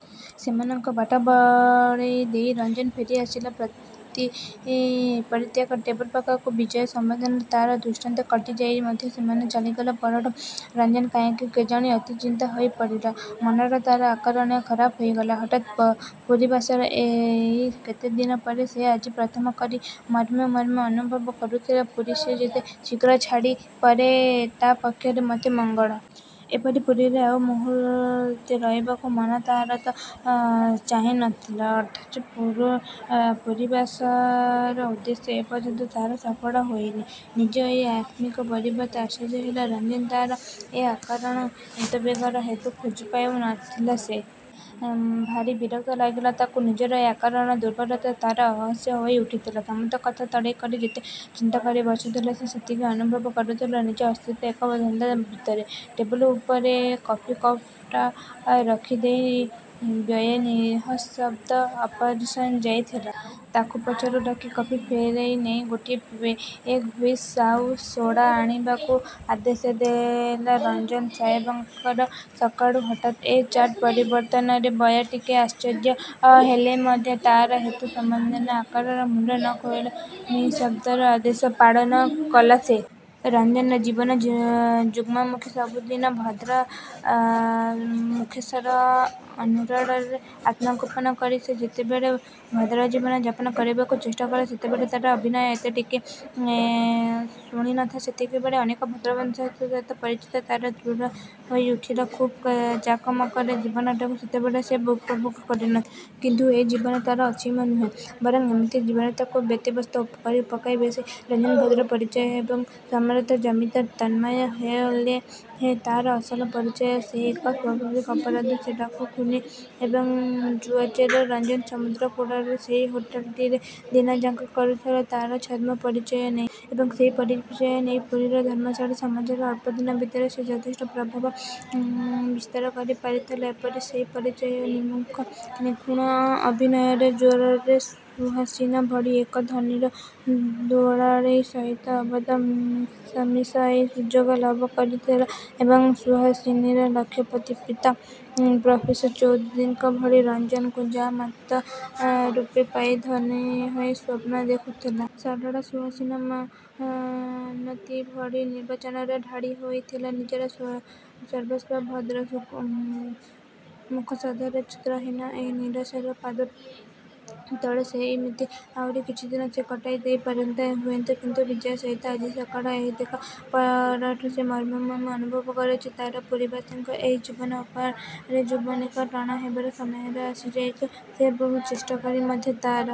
ସେମାନଙ୍କୁ ବାଟ ବଳେଇ ଦେଇ ରଞ୍ଜନ ଫେରିଆସିଲା ପରିତ୍ୟକ୍ତ ଟେବୁଲଟା ପାଖକୁ। ବିଜୟା ସମ୍ଵନ୍ଧରେ ତା'ର ଦୁଶ୍ଚିନ୍ତା କଟି ଯାଇଥିଲେ ମଧ୍ୟ ସେମାନେ ଚାଲିଗଲା ପରଠୁ ରଞ୍ଜନ କାହିଁକି କେଜାଣି ଅତି ଚିନ୍ତିତ ହୋଇ ପଡ଼ିଲା। ମନଟା ତା'ର ଅକାରଣରେ ଖରାପ ହୋଇଗଲା ହଠାତ୍। ପୁରୀବାସର ଏଇ କେତେଦିନ ପରେ ସେ ଆଜି ପ୍ରଥମ କରି ମର୍ମେ ମର୍ମେ ଅନୁଭବ କରୁଥିଲା, ପୁରୀ ସେ ଯେତେ ଶିଘ୍ର ଛାଡ଼ି ପାରେ, ତା ପକ୍ଷରେ ସେତେ ମଙ୍ଗଳ। ଏପରିକି ପୁରୀରେ ଆଉ ମୁହୂର୍ତ୍ତେ ରହିବାକୁ ମନ ତା'ର ଚାହୁଁ ନ ଥିଲା। ଅଥଚ ପୁରୀବାସର ଉଦ୍ଦେଶ୍ୟ ଏ ପର୍ଯ୍ୟନ୍ତ ତା'ର। ସଫଳ ହେଇନି। ନିଜର ଏ ଆକସ୍ମିକ ପରିବର୍ତ୍ତରେ ଆଶ୍ଚର୍ଯ୍ୟ ହେଲା ରଞ୍ଜନ। ତା'ର ଏ ଅକାରଣ ଉଦବେଗର ହେତୁ ଖୋଜି ପାଉ ନ ଥିଲା ସେ। ଭା'ରି ବିରକ୍ତ ଲାଗିଲା ତାକୁ। ନିଜର ଏ ଅକାରଣ ଦୂର୍ବଳତା ତା'ର ଅହସ୍ୟ ହୋଇ ଉଠୁଥିଲା। ସମସ୍ତ କଥା ତଳେଇ କରି ଯେତିକି ଚିନ୍ତା କରି ବସୁଥିଲା ସେ, ସେତିକି ଅନୁଭବ କରୁଥିଲା ନିଜର ଅସ୍ତିତ୍ଵ ଏକ ଧନ୍ଧା ଭିତରେ। ଟେବଲ୍ ଉପରେ କଫି କପ୍ଟା ରଖି ଦେଇ ବୟ ନିଃଶବ୍ଦରେ ଅପସରି ଯାଇଥିଲା। ତାକୁ ପଛରୁ ଡାକି କଫି ଫେରାଇ ନେଇ ଗୋଟାଏ ପେଗ୍ ହୁଇସ୍କି ଆଉ ସୋଡ଼ା ଆଣିବାକୁ ଆଦେଶ ଦେଲା ରଞ୍ଜନ। ସାହେବଙ୍କର ସକାଳୁ ହଠାତ୍ ଏ ଚାଟ୍ ପରିବର୍ତ୍ତନରେ ବୟ ଟିକିଏ ଆଶ୍ଚର୍ଯ୍ୟ ହେଲେ ମଧ୍ୟ, ତା'ର ହେତୁ ସମ୍ଵନ୍ଧରେ ଅକାରଣ ମୁଣ୍ତ ନ ଖେଳାଇ ନିଃଶବ୍ଦରେ ଆଦେଶ ପାଳନ କଲା ସେ। ରଞ୍ଜନର ଜୀବନ ଯୁଗ୍ମମୁଖୀ ସବୁଦିନେ। ଭଦ୍ର ମୁଖୋସର ଅନ୍ତରାଳରେ ଆତ୍ମଗୋପନ କରି ସେ ଯେତେବେଳେ ଭଦ୍ରଜୀବନ ଯାପନ କରିବାକୁ ଚେଷ୍ଟାକରେ, ସେତେବେଳେ ତା'ର ଅଭିନୟର ଏତେ ଟିକିଏ ଖୁଣ ନ ଥାଏ। ସେତିକିବେଳେ ଅନେକ ଭଦ୍ରବଂଶ ସହିତ ପରିଚିତ ତା'ର ଦୃଢ଼ ହୋଇ ଉଠେ। ଖୁବ୍ ଜାକଜମକରେ ଜୀବନଟାକୁ ସେତିକିବେଳେ ସେ ଉପଭୋଗ କରିନିଏ। କିନ୍ତୁ ଏଇ ଜୀବନ ତା'ର ଅସୀମ ନୁହେଁ। ବରଂ ଏମିତି ଜୀବନ ତା'କୁ ବ୍ୟତିବ୍ୟସ୍ତ କରିପକାଏ ବେଶି। ରଞ୍ଜନର ଭଦ୍ର ପରିଚୟ ଏକ ସଂମ୍ଭ୍ରାତ ଜମିଦାର ତନୟ ହେଲେହେଁ ତା'ର ଅସଲ ପରିଚୟ—ସେ ଏକ ସ୍ଵଭାବ ଅପରାଧୀ। ସେ ଡାକୁ, ଖୁନୀ ଏବଂ ଜୁଆଚୋର। ରଞ୍ଜନ ସମୁଦ୍ର କୂଳରେ ସେଇ ହୋଟେଲଟିରେ ଦିନ ଯାପନ କରୁଥିଲା ତା'ର ଛଦ୍ମ ପରିଚୟ ନେଇ। ଏବଂ ସେଇ ପରିଚୟ ନେଇ ପୁରୀର ଧନଶାଳୀ ସମାଜରେ ଅଳ୍ପଦିନ ଭିତରେ ସେ ଯଥେଷ୍ଟ ପ୍ରଭାବ ବିସ୍ତାର କରି ପାରିଥିଲା। ଏପରିକି ସେଇ ପରିଚୟ ଓ ନିଖୁଣ ଅଭିନୟର ଜୋରରେ ସୁହାସିନୀ ଭଳି ଏକ ଧନୀର ଦୁଲାଳି ସହିତ ଅବାଧ ମିଳାମିଶାର ସୁଯୋଗ ଲାଭ କରି ଥିଲା, ଏବଂ ସୁହାସିନୀର ଲକ୍ଷପତି ପିତା, ପ୍ରଫେସର ଚୌଧୁରୀଙ୍କ ଭଳି ରଞ୍ଜନକୁ ଯା'ମାତା ରୂପେ ପାଇ ଧନି ହେବାର ସ୍ଵପ୍ନ ଦେଖୁଥିଲେ। ସରଳା ସୁହାସିନୀ ମିନତି ଭଳି ନିର୍ବିଚାରରେ ଢାଳି ଦେଇଥିଲା ନିଜର ସର୍ବସ୍ଵ ଭଦ୍ର ମୁଖୋସଧାରୀ, ଚରିତ୍ରହୀନ ଏଇ ନରପିଶାଚର ପାଦତଳେ। ସେଇମିତି ଆହୁରି କିଛିଦିନ ସେ କଟାଇ ଦେଇ ପାରିଥାନ୍ତା ହୁଏତ କିନ୍ତୁ ବିଜୟା ସହିତ ଆଜି ସକାଳର ଏଇ ଦେଖା ପରଠୁ ସେ ମର୍ମେ ମର୍ମେ ଅନୁଭବ କରୁଚି ତା'ର ପୁରୀବାସର ଏଇ ଜୀବନ ଉପରେ ଯବନିକା ଟଣା ହେବାର ସମୟ ଆସି ଯାଇଚି। ସେ ବହୁ ଚେଷ୍ଟାକରି ମଧ୍ୟ ତା'ର